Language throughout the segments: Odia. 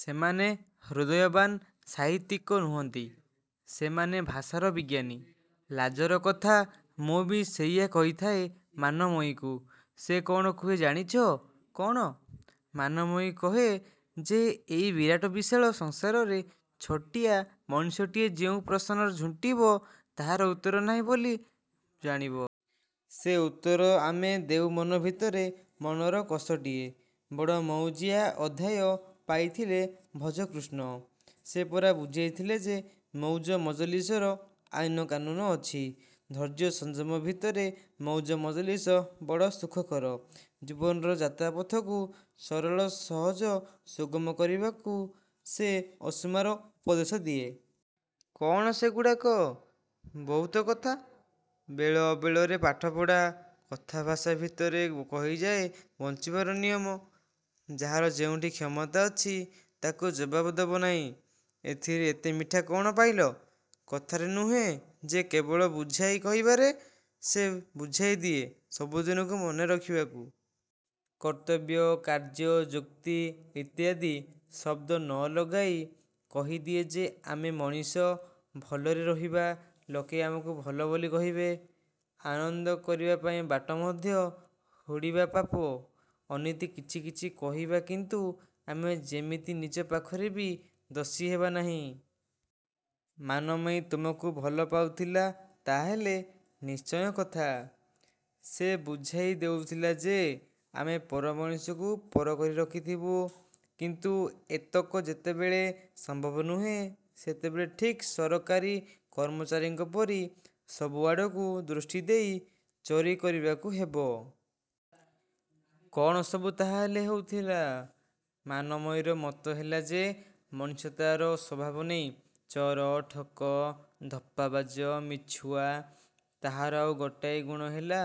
ସେମାନେ। ହୃଦୟବାନ୍ ସାହିତ୍ୟିକ ନୁହନ୍ତି। ସେମାନେ ଭାଷାର ବିଜ୍ଞାନୀ। -ଲାଜର କଥା। ମୁଁ ବି ସେଇଆ କହିଥାଏ ମାନମୟୀକୁ। ସେ କ'ଣ କୁହେ ଜାଣିଛ? -କ'ଣ? -ମାନମୟୀ କହେ ଯେ ଏଇ ବିରାଟ ବିଶାଳ ସଂସାରରେ ଛୋଟିଆ ମଣିଷଟିଏ ଯେଉଁ ପ୍ରଶ୍ନରେ ଝୁଣ୍ଟିବ ତାହାର ଉତ୍ତର ନାହିଁ ବୋଲି ଜାଣିବ। ସେ ଉତ୍ତର ଆମେ ଦେଉ ମନ ଭିତରେ-ମନର କଷଟିରେ। -ବଡ଼ ମଉଜିଆ ଅଧ୍ୟାୟ ପାଇଥିଲେ, ଭଜକୃଷ୍ଣ? -ସେ ପରା ବୁଝାଇଥିଲା ଯେ ମଉଜ ମଜଲିସର ଆଇନ କାନୁନ ଅଛି। ଧୈର୍ଯ୍ୟ ସଂଯମ ଭିତରେ ମଉଜ ମଜଲିସ ବଡ଼ ସୁଖକର। ଜୀବନର ଯାତ୍ରାପଥକୁ ସରଳ, ସହଜ, ସୁଗମ କରିବାକୁ ସେ ଅସୁମାର ଉପଦେଶ ଦିଏ। -କ'ଣ ସେଗୁଡ଼ାକ? -ବହୁତ କଥା। ବେଳ ଅବେଳରେ ପାଠପଢ଼ା, କଥାଭାଷା ଭିତରେ କହିଯାଏ ବଞ୍ଚିବାର ନିୟମ। ଯାହାର ଯେଉଁଠି କ୍ଷମତା ଅଛି ତାକୁ ଜବାବ ଦବ ନାହିଁ। -ଏଥିରେ ଏତେ ମିଠା କ'ଣ ପାଇଲ? -କଥାରେ ନୁହେଁ ଯେ କେବଳ ବୁଝାଇ କହିବାରେ। ସେ ବୁଝାଇ ଦିଏ ସବୁ ଦିନକୁ ମନେ ରଖିବାକୁ। କର୍ତ୍ତବ୍ୟ, କାର୍ଯ୍ୟ, ଯୁକ୍ତି ଇତ୍ୟାଦି ଶବ୍ଦ ନ ଲଗାଇ କହିଦିଏ ଯେ ଆମେ ମଣିଷ-ଭଲରେ ରହିବା-ଲୋକେ ଆମକୁ ଭଲ ବୋଲି କହିବେ। ଆନନ୍ଦ କରିବା ପାଇଁ ବାଟ ମଧ୍ୟ ହୁଡ଼ିବା-ପାପ, ଅନୀତି କିଛି କିଛି କରିବା-କିନ୍ତୁ ଆମେ ଯେମିତି ନିଜ ପାଖରେ ବି ଦୋଷୀ ହେବା ନାହିଁ। -ମାନମୟୀ ତୁମକୁ ଭଲ ପାଉଥିଲା ତାହା ହେଲେ? -ନିଶ୍ଚୟ କଥା। ସେ ବୁଝାଇ ଦେଉଥିଲା ଯେ ଆମେ ପର ମଣିଷକୁ ପର କରି ରଖିଥିବୁ। କିନ୍ତୁ ଏତକ ଯେତେବେଳେ ସମ୍ଭବ ନୁହେଁ ସେତେବେଳେ ଠିକ୍ ସରକାରୀ କର୍ମଚାରୀଙ୍କ ପରି ସବୁ ଆଡ଼କୁ ଦୃଷ୍ଟି ଦେଇ ଚୋରି କରିବାକୁ ହେବ। -କ'ଣ ସବୁ ତାହାହେଲେ ହେଉଥିଲା? -ମାନମୟୀର ମତ ହେଲା ଯେ ମଣିଷ ତାର ସ୍ୱଭାବ ନେଇ ଚୋର, ଠକ, ଧପ୍ପାବାଜ, ମିଛୁଆ। ତାହାର ଆଉ ଗୋଟାଏ ଗୁଣ ହେଲା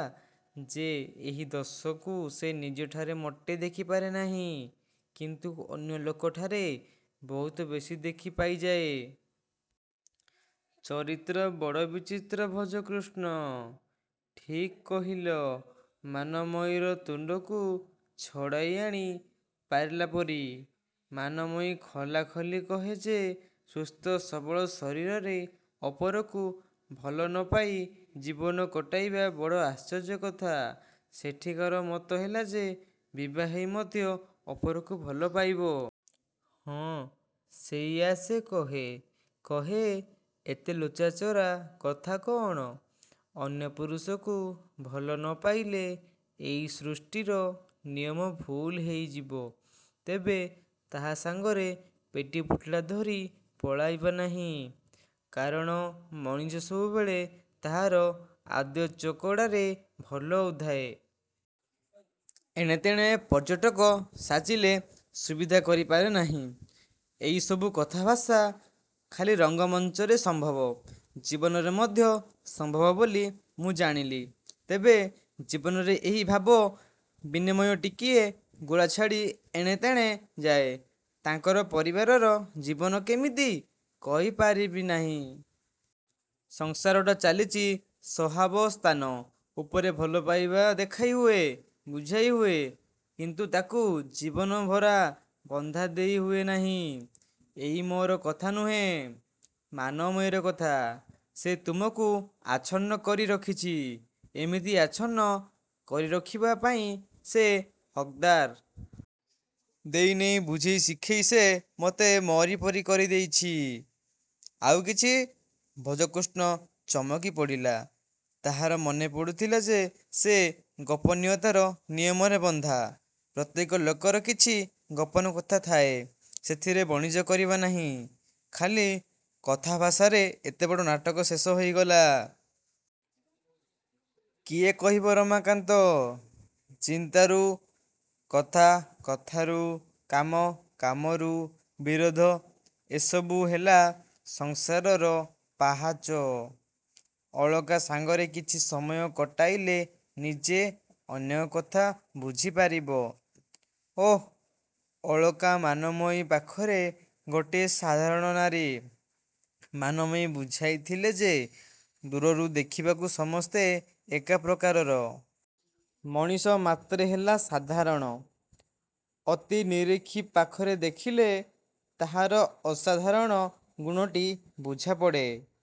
ଯେ ଏହି ଦୋଷକୁ ସେ ନିଜଠାରେ ମୋଟେ ଦେଖିପାରେ ନାହିଁ; କିନ୍ତୁ ଅନ୍ୟ ଲୋକଠାରେ ବହୁତ ବେଶି ଦେଖି ପାଇଯାଏ। -ଚରିତ୍ର ବଡ଼ ବିଚିତ୍ର-ଭଜକୃଷ୍ଣ। -ଠିକ୍ କହିଲ ମାନମୟୀର ତୁଣ୍ଡକୁ ଛଡ଼ାଇ ଆଣି ପାରିଲା ପରି। ମାନମୟୀ ଖୋଲା ଖୋଲି କହେ ଯେ ସୁସ୍ଥ ସବଳ ଶରୀରରେ ଅପରକୁ ଭଲ ନ ପାଇ ଜୀବନ କଟାଇବା ବଡ଼ ଆଶ୍ଚର୍ଯ୍ୟ କଥା- -ସେଠିକାର ମତ ହେଲା ଯେ ବିଭା ହେଇ ମଧ୍ୟ ଅପରକୁ ଭଲ ପାଇବ? -ହଁ। ସେଇଆ ସେ କହେ। କହେ ଏତେ ଲୁଚାଚୋରା କଥା କ'ଣ? ଅନ୍ୟ ପୁରୁଷକୁ ଭଲ ନ ପାଇଲେ ଏଇ ସୃଷ୍ଟିର ନିୟମ ଭୁଲ୍ ହେଇଯିବ। ତେବେ ତାହା ସାଙ୍ଗରେ ପେଡ଼ିପୁଟୁଳା ଧରି ପଳାଇବା ନାହିଁ। କାରଣ ମଣିଷ ସବୁବେଳେ ତାହାର ଆଦ୍ୟ ଚକଡ଼ାରେ ଭଲ ଉଧାଏ। ଏଣେ ତେଣେ ପର୍ଯ୍ୟଟକ ସାଜିଲେ ସୁବିଧା କରିପାରେ ନାହିଁ। -ଏଇସବୁ କଥାଭାଷା ଖାଲି ରଙ୍ଗମଞ୍ଚରେ ସମ୍ଭବ। -ଜୀବନରେ ମଧ୍ୟ ସମ୍ଭବ ବୋଲି ମୁଁ ଜାଣିଲି। ତେବେ ଜୀବନରେ ଏହି ଭାବ ବିନିମୟ ଟିକିଏ ଗୁଳାଛାଡ଼ି ଏଣେତେଣେ ଯାଏ। -ତାଙ୍କର ପରିବାରର ଜୀବନ କେମିତି? -କହି ପାରିବି ନାହିଁ। ସଂସାରଟା ଚାଲିଛି ସହାବସ୍ଥାନ ଉପରେ ଭଲ ପାଇବା ଦେଖାଇ ହୁଏ, ବୁଝାଇ ହୁଏ। କିନ୍ତୁ ତା'କୁ ଜୀବନଭରା ବନ୍ଧା ଦେଇ ହୁଏ ନାହିଁ। ଏଇ ମୋର କଥା ନୁହେଁ-। ମାନମୟୀର କଥା। -ସେ ତୁମକୁ ଆଛନ୍ନ କରି ରଖିଛି। -ଏମିତି ଆଛନ୍ନ କରି ରଖିବା ପାଇଁ ସେ ହକ୍ଦାର। ଦେଇ ନେଇ ବୁଝେଇ ଶିଖେଇ ସେ ମତେ ମୋରିପରି କରି ଦେଇଛି। -ଆଉ କିଛି? ଭଜକୃଷ୍ଣ ଚମକି ପଡ଼ିଲା। ତାହାର ମନେ ପଡ଼ୁଥିଲା ଯେ ସେ ଗୋପନୀୟତାର ନିୟମରେ ବନ୍ଧା। ପ୍ରତ୍ୟେକ ଲୋକର କିଛି ଗୋପନ କଥା ଥାଏ। ସେଥିରେ ବଣିଜ କରିବା ନାହିଁ-। -ଖାଲି କଥାଭାଷାରେ ଏତେ ବଡ଼ ନାଟକ ଶେଷ ହୋଇଗଲା? -କିଏ କହିବ ରମାକାନ୍ତ? ଚିନ୍ତାରୁ କଥା-କଥାରୁ କାମ-କାମରୁ ବିରୋଧ-ଏସବୁ ହେଲା ସଂସାରର ପାହାଚ। ଅଳକା ସାଙ୍ଗରେ କିଛି ସମୟ କଟାଇଲେ ନିଜେ ଅନେକ କଥା ବୁଝି ପାରିବ। -ଓଃ, ଅଳକା ମାନମୟୀ ପାଖରେ ଗୋଟିଏ ସାଧାରଣ ନାରୀ। ମାନମୟୀ ବୁଝାଇଥିଲେ ଯେ ଦୂରରୁ ଦେଖିବାକୁ ସମସ୍ତେ ଏକା ପ୍ରକାରର। ମଣିଷ ମାତ୍ରେ ହେଲା ସାଧାରଣ। ଅତି ନିରେଖି ପାଖରେ ଦେଖିଲେ ତାହାର ଅସାଧାରଣ ଗୁଣଟି ବୁଝାପଡ଼େ।